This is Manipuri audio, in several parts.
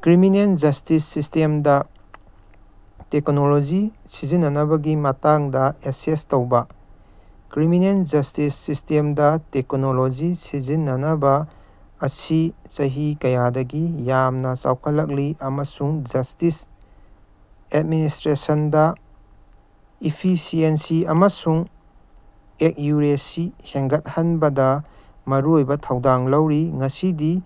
ꯀ꯭ꯔꯤꯃꯤꯅꯦꯜ ꯖꯁ꯭ꯇꯤꯁ ꯁꯤꯁꯇꯦꯝꯗ ꯇꯦꯛꯅꯣꯂꯣꯖꯤ ꯁꯤꯖꯤꯟꯅꯕꯒꯤ ꯃꯇꯥꯡꯗ ꯑꯦꯁꯦꯁ ꯇꯧꯕ꯫ ꯀ꯭ꯔꯤꯃꯤꯅꯦꯜ ꯖꯁꯇꯤꯁ ꯁꯤꯁꯇꯦꯝꯗ ꯇꯦꯛꯅꯣꯂꯣꯖꯤ ꯁꯤꯖꯤꯟꯅꯕ ꯑꯁꯤ ꯆꯍꯤ ꯀꯌꯥꯗꯒꯤ ꯌꯥꯝꯅ ꯆꯥꯎꯈꯠꯂꯛꯂꯤ ꯑꯃꯁꯨꯡ ꯖꯁꯇꯤꯁ ꯑꯦꯗꯃꯤꯅꯤꯁꯇ꯭ꯔꯦꯁꯟꯗ ꯏꯐꯤꯁꯤꯑꯦꯟꯁꯤ ꯑꯃꯁꯨꯡ ꯑꯦꯛꯌꯨꯔꯦꯁꯤ ꯍꯦꯟꯒꯠꯍꯟꯕꯗ ꯃꯔꯨꯑꯣꯏꯕ ꯊꯧꯗꯥꯡ ꯂꯧꯔꯤ꯫ ꯉꯁꯤꯗꯤ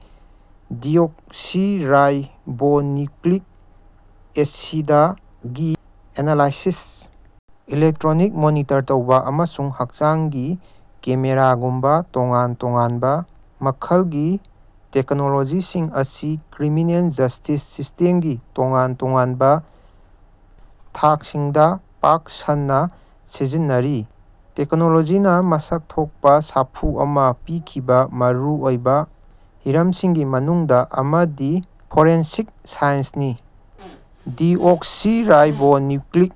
ꯗꯤꯑꯣꯛꯁꯤꯔꯥꯏꯕꯣꯅ꯭ꯌꯨꯛꯂꯤꯛ ꯑꯦꯁꯤꯗ ꯒꯤ ꯑꯦꯅꯥꯂꯥꯏꯁꯤꯁ, ꯏꯂꯦꯛꯇꯔꯣꯅꯤꯛ ꯃꯣꯅꯤꯇꯔ ꯇꯧꯕ ꯑꯃꯁꯨꯡ ꯍꯛꯆꯥꯡꯒꯤ ꯀꯦꯃꯦꯔꯥꯒꯨꯝꯕꯥ ꯇꯣꯉꯥꯟ ꯇꯣꯉꯥꯟꯕ ꯃꯈꯜꯒꯤ ꯇꯦꯛꯅꯣꯂꯣꯖꯤꯁꯤꯡ ꯑꯁꯤ ꯀ꯭ꯔꯤꯃꯤꯅꯦꯜ ꯖꯁꯇꯤꯁ ꯁꯤꯁꯇꯦꯝꯒꯤ ꯇꯣꯉꯥꯟ ꯇꯣꯉꯥꯟꯕ ꯊꯥꯛꯁꯤꯡꯗ ꯄꯥꯛ ꯁꯟꯅ ꯁꯤꯖꯤꯟꯅꯔꯤ꯫ ꯇꯦꯛꯅꯣꯂꯣꯖꯤꯅ ꯃꯁꯛ ꯊꯣꯛꯄ ꯁꯥꯐꯨ ꯑꯃ ꯄꯤꯈꯤꯕ ꯃꯔꯨ ꯑꯣꯏꯕ ꯍꯤꯔꯝꯁꯤꯡꯒꯤ ꯃꯅꯨꯡꯗ ꯑꯃꯗꯤ ꯐꯣꯔꯦꯟꯁꯤꯛ ꯁꯥꯏꯟꯁꯅꯤ꯫ꯗꯤꯑꯣꯛꯁꯤꯔꯥꯏꯕꯣꯅ꯭ꯌꯨꯛꯂꯤꯛ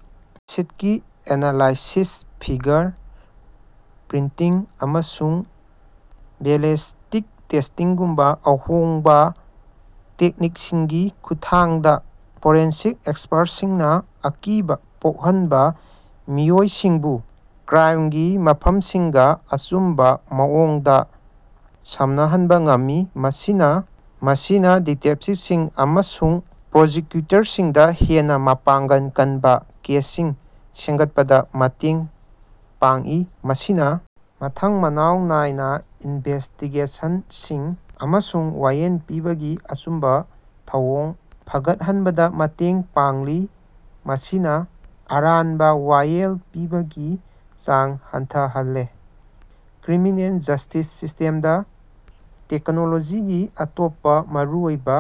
ꯑꯦꯁꯤꯗꯒꯤ ꯑꯦꯅꯥꯂꯥꯏꯁꯤꯁ, ꯐꯤꯒꯔ ꯄ꯭ꯔꯤꯟꯇꯤꯡ, ꯑꯃꯁꯨꯡ ꯕꯦꯂꯤꯁꯇꯤꯛ ꯇꯦꯁꯇꯤꯡꯒꯨꯝꯕ ꯑꯍꯣꯡꯕ ꯇꯦꯛꯅꯤꯛꯁꯤꯡꯒꯤ ꯈꯨꯠꯊꯥꯡꯗ ꯐꯣꯔꯦꯟꯁꯤꯛ ꯑꯦꯛꯁꯄꯔꯇꯁꯤꯡꯅ ꯑꯀꯤꯕ ꯄꯣꯛꯍꯟꯕ ꯃꯤꯑꯣꯏꯁꯤꯡꯕꯨ ꯀ꯭ꯔꯥꯏꯃꯒꯤ ꯃꯐꯝꯁꯤꯡꯒ ꯑꯆꯨꯝꯕ ꯃꯑꯣꯡꯗ ꯁꯝꯅꯍꯟꯕ ꯉꯝꯃꯤ꯫ ꯃꯁꯤꯅ ꯗꯤꯇꯦꯛꯇꯤꯚꯁꯤꯡ ꯑꯃꯁꯨꯡ ꯄ꯭ꯔꯣꯁꯤꯛꯀ꯭ꯌꯨꯇꯔꯁꯤꯡꯗ ꯍꯦꯟꯅ ꯃꯄꯥꯡꯒꯜ ꯀꯟꯕ ꯀꯦꯁꯁꯤꯡ ꯁꯦꯝꯒꯠꯄꯗ ꯃꯇꯦꯡ ꯄꯥꯡꯏ꯫ ꯃꯁꯤꯅ ꯃꯊꯪ ꯃꯅꯥꯎ ꯅꯥꯏꯅ ꯏꯟꯚꯦꯁꯇꯤꯒꯦꯁꯟꯁꯤꯡ ꯑꯃꯁꯨꯡ ꯋꯥꯌꯦꯜ ꯄꯤꯕꯒꯤ ꯑꯆꯨꯝꯕ ꯊꯧꯑꯣꯡ ꯐꯒꯠꯍꯟꯕꯗ ꯃꯇꯦꯡ ꯄꯥꯡꯂꯤ꯫ ꯃꯁꯤꯅ ꯑꯔꯥꯟꯕ ꯋꯥꯌꯦꯜ ꯄꯤꯕꯒꯤ ꯆꯥꯡ ꯍꯟꯊꯍꯜꯂꯦ꯫ ꯀ꯭ꯔꯤꯃꯤꯅꯦꯜ ꯖꯁꯇꯤꯁ ꯁꯤꯁꯇꯦꯝꯗ ꯇꯦꯛꯅꯣꯂꯣꯖꯤꯒꯤ ꯑꯇꯣꯞꯄ ꯃꯔꯨꯑꯣꯏꯕ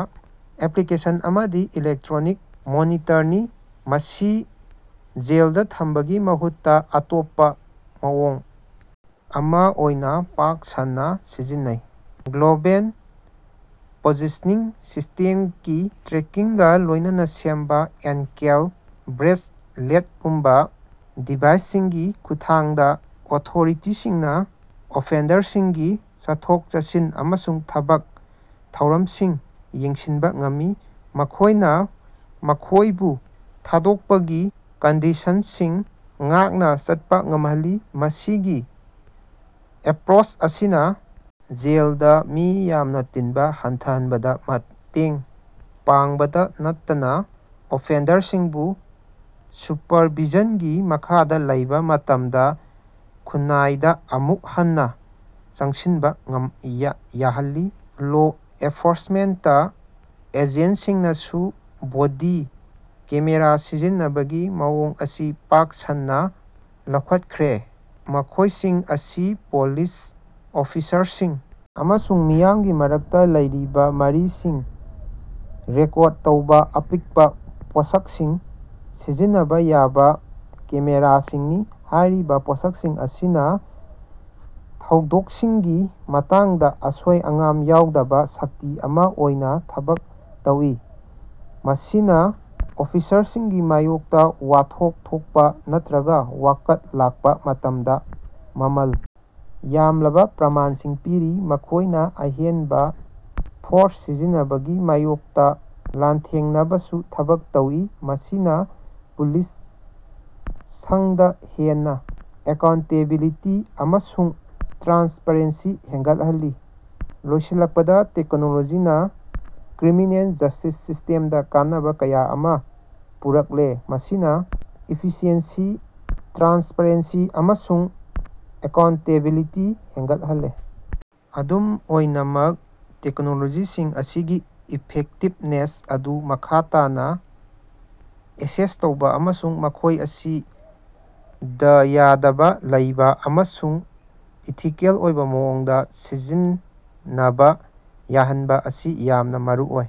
ꯑꯦꯞꯂꯤꯀꯦꯁꯟ ꯑꯃꯗꯤ ꯏꯂꯦꯛꯇꯔꯣꯅꯤꯛ ꯃꯣꯅꯤꯇꯔꯅꯤ꯫ꯃꯁꯤ ꯖꯦꯜꯗ ꯊꯝꯕꯒꯤ ꯃꯍꯨꯠꯇ ꯑꯇꯣꯞꯄ ꯃꯑꯣꯡ ꯑꯃ ꯑꯣꯏꯅ ꯄꯥꯛ ꯁꯟꯅ ꯁꯤꯖꯤꯟꯅꯩ꯫ ꯒ꯭ꯂꯣꯕꯦꯜ ꯄꯣꯖꯤꯁꯅꯤꯡ ꯁꯤꯁꯇꯦꯝꯀꯤ ꯇ꯭ꯔꯦꯀꯤꯡꯒ ꯂꯣꯏꯅꯅ ꯁꯦꯝꯕ ꯑꯦꯟꯀꯦꯜ ꯕ꯭ꯔꯦꯁꯂꯦꯠꯒꯨꯝꯕ ꯗꯤꯚꯥꯏꯁꯁꯤꯡꯒꯤ ꯈꯨꯠꯊꯥꯡꯗ ꯑꯣꯊꯣꯔꯤꯇꯤꯁꯤꯡꯅ ꯑꯣꯐꯦꯟꯗꯔꯁꯤꯡꯒꯤ ꯆꯠꯊꯣꯛ-ꯆꯠꯁꯤꯟ ꯑꯃꯁꯨꯡ ꯊꯕꯛ ꯊꯧꯔꯝꯁꯤꯡ ꯌꯦꯡꯁꯤꯟꯕ ꯉꯝꯃꯤ꯫ ꯃꯈꯣꯏꯅ ꯃꯈꯣꯏꯕꯨ ꯊꯥꯗꯣꯛꯄꯒꯤ ꯀꯟꯗꯤꯁꯟꯁꯤꯡ ꯉꯥꯛꯅ ꯆꯠꯄ ꯉꯝꯍꯜꯂꯤ꯫ ꯃꯁꯤꯒꯤ ꯑꯦꯄꯔꯣꯁ ꯑꯁꯤꯅꯥ, ꯖꯦꯜꯗ ꯃꯤ ꯌꯥꯝꯅ ꯇꯤꯟꯕ ꯍꯟꯊꯍꯟꯕꯗ ꯃꯇꯦꯡ ꯄꯥꯡꯕꯇ ꯅꯠꯇꯅ ꯑꯣꯐꯦꯟꯗꯔꯁꯤꯡꯕꯨ ꯁꯨꯄꯔꯚꯤꯖꯟꯒꯤ ꯃꯈꯥꯗ ꯂꯩꯕ ꯃꯇꯝꯗ ꯈꯨꯟꯅꯥꯏꯗ ꯑꯃꯨꯛ ꯍꯟꯅꯥ ꯆꯪꯁꯤꯟꯕ ꯌꯥꯍꯜꯂꯤ꯫ ꯂꯣ ꯑꯦꯐꯣꯔꯁꯃꯦꯟꯇ ꯑꯦꯖꯦꯟꯁꯤꯁꯤꯡꯅꯁꯨ ꯕꯣꯗꯤ ꯀꯦꯃꯦꯔꯥ ꯁꯤꯖꯤꯟꯅꯕꯒꯤ ꯃꯑꯣꯡ ꯑꯁꯤ ꯄꯥꯛ ꯁꯟꯅ ꯂꯧꯈꯠꯈ꯭ꯔꯦ꯫ ꯃꯈꯣꯏꯁꯤꯡ ꯑꯁꯤ ꯄꯨꯂꯤꯁ ꯑꯣꯐꯤꯁꯔꯁꯤꯡ ꯑꯃꯁꯨꯡ ꯃꯤꯌꯥꯝꯒꯤ ꯃꯔꯛꯇ ꯂꯩꯔꯤꯕ ꯃꯔꯤꯁꯤꯡ ꯔꯦꯀꯣꯔꯗ ꯇꯧꯕ ꯑꯄꯤꯛꯄ ꯄꯣꯠꯆꯩꯁꯤꯡ ꯁꯤꯖꯤꯟꯅꯕ ꯌꯥꯕ ꯀꯦꯃꯦꯔꯥꯁꯤꯡꯅꯤ꯫ ꯍꯥꯏꯔꯤꯕ ꯈꯨꯠꯂꯥꯏꯁꯤꯡ ꯑꯁꯤꯅ ꯊꯧꯗꯣꯛꯁꯤꯡꯒꯤ ꯃꯇꯥꯡꯗ ꯑꯁꯣꯏ-ꯑꯉꯥꯝ ꯌꯥꯎꯗꯕ ꯁꯥꯛꯁꯤ ꯑꯃ ꯑꯣꯏꯅ ꯊꯕꯛ ꯇꯧꯏ꯫ꯃꯁꯤꯅ ꯑꯣꯐꯤꯁꯔꯁꯤꯡꯒꯤ ꯃꯥꯌꯣꯛꯇ ꯋꯥꯊꯣꯛ ꯊꯣꯛꯄ ꯅꯠꯇꯔꯒ ꯋꯥꯀꯠ ꯂꯥꯛꯄ ꯃꯇꯝꯗ ꯃꯃꯜ ꯌꯥꯝꯂꯕ ꯄ꯭ꯔꯃꯥꯟꯁꯤꯡ ꯄꯤꯔꯤ꯫ ꯃꯈꯣꯏꯅ ꯑꯍꯦꯟꯕ ꯐꯣꯔꯁ ꯁꯤꯖꯤꯟꯅꯕꯒꯤ ꯃꯥꯌꯣꯛꯇ ꯂꯥꯟꯊꯦꯡꯅꯕꯁꯨ ꯊꯕꯛ ꯇꯧꯏ꯫ꯃꯁꯤꯅ ꯄꯨꯂꯤꯁ ꯁꯡꯗ ꯍꯦꯟꯅ ꯑꯦꯀꯥꯎꯟꯇꯦꯕꯤꯂꯤꯇꯤ ꯑꯃꯁꯨꯡ ꯇ꯭ꯔꯥꯟꯁꯄꯔꯦꯟꯁꯤ ꯍꯦꯟꯒꯠꯍꯜꯂꯤ꯫ ꯂꯣꯏꯁꯤꯜꯂꯛꯄꯗ ꯇꯦꯛꯅꯣꯂꯣꯖꯤꯅꯥ ꯀ꯭ꯔꯤꯃꯤꯅꯦꯜ ꯖꯁ꯭ꯇꯤꯁ ꯁꯤꯁ꯭ꯇꯦꯝꯗ ꯀꯥꯟꯅꯕ ꯀꯌꯥ ꯑꯃ ꯄꯨꯔꯛꯂꯦ ꯃꯁꯤꯅ ꯏꯐꯤꯁꯤꯑꯦꯟꯁꯤ, ꯇ꯭ꯔꯥꯟꯁꯄꯔꯦꯟꯁꯤ ꯑꯃꯁꯨꯡ ꯑꯦꯀꯥꯎꯟꯇꯦꯕꯤꯂꯤꯇꯤ ꯍꯦꯟꯒꯠꯍꯜꯂꯦ꯫ ꯑꯗꯨꯝ ꯑꯣꯏꯅꯃꯛ, ꯇꯦꯛꯅꯣꯂꯣꯖꯤꯁꯤꯡ ꯑꯁꯤꯒꯤ ꯏꯐꯦꯛꯇꯤꯕꯅꯦꯁ ꯑꯗꯨ ꯃꯈꯥ ꯇꯥꯅꯥ ꯑꯦꯁꯦꯁ ꯇꯧꯕ ꯑꯃꯁꯨꯡ ꯃꯈꯣꯏ ꯑꯁꯤ ꯗꯥꯌꯠꯕ ꯂꯩꯕ ꯑꯃꯁꯨꯡ ꯏꯊꯤꯀꯦꯜ ꯑꯣꯏꯕ ꯃꯑꯣꯡꯗ ꯁꯤꯖꯤꯟꯅꯕ ꯌꯥꯍꯟꯕ ꯑꯁꯤ ꯌꯥꯝꯅ ꯃꯔꯨꯑꯣꯏ꯫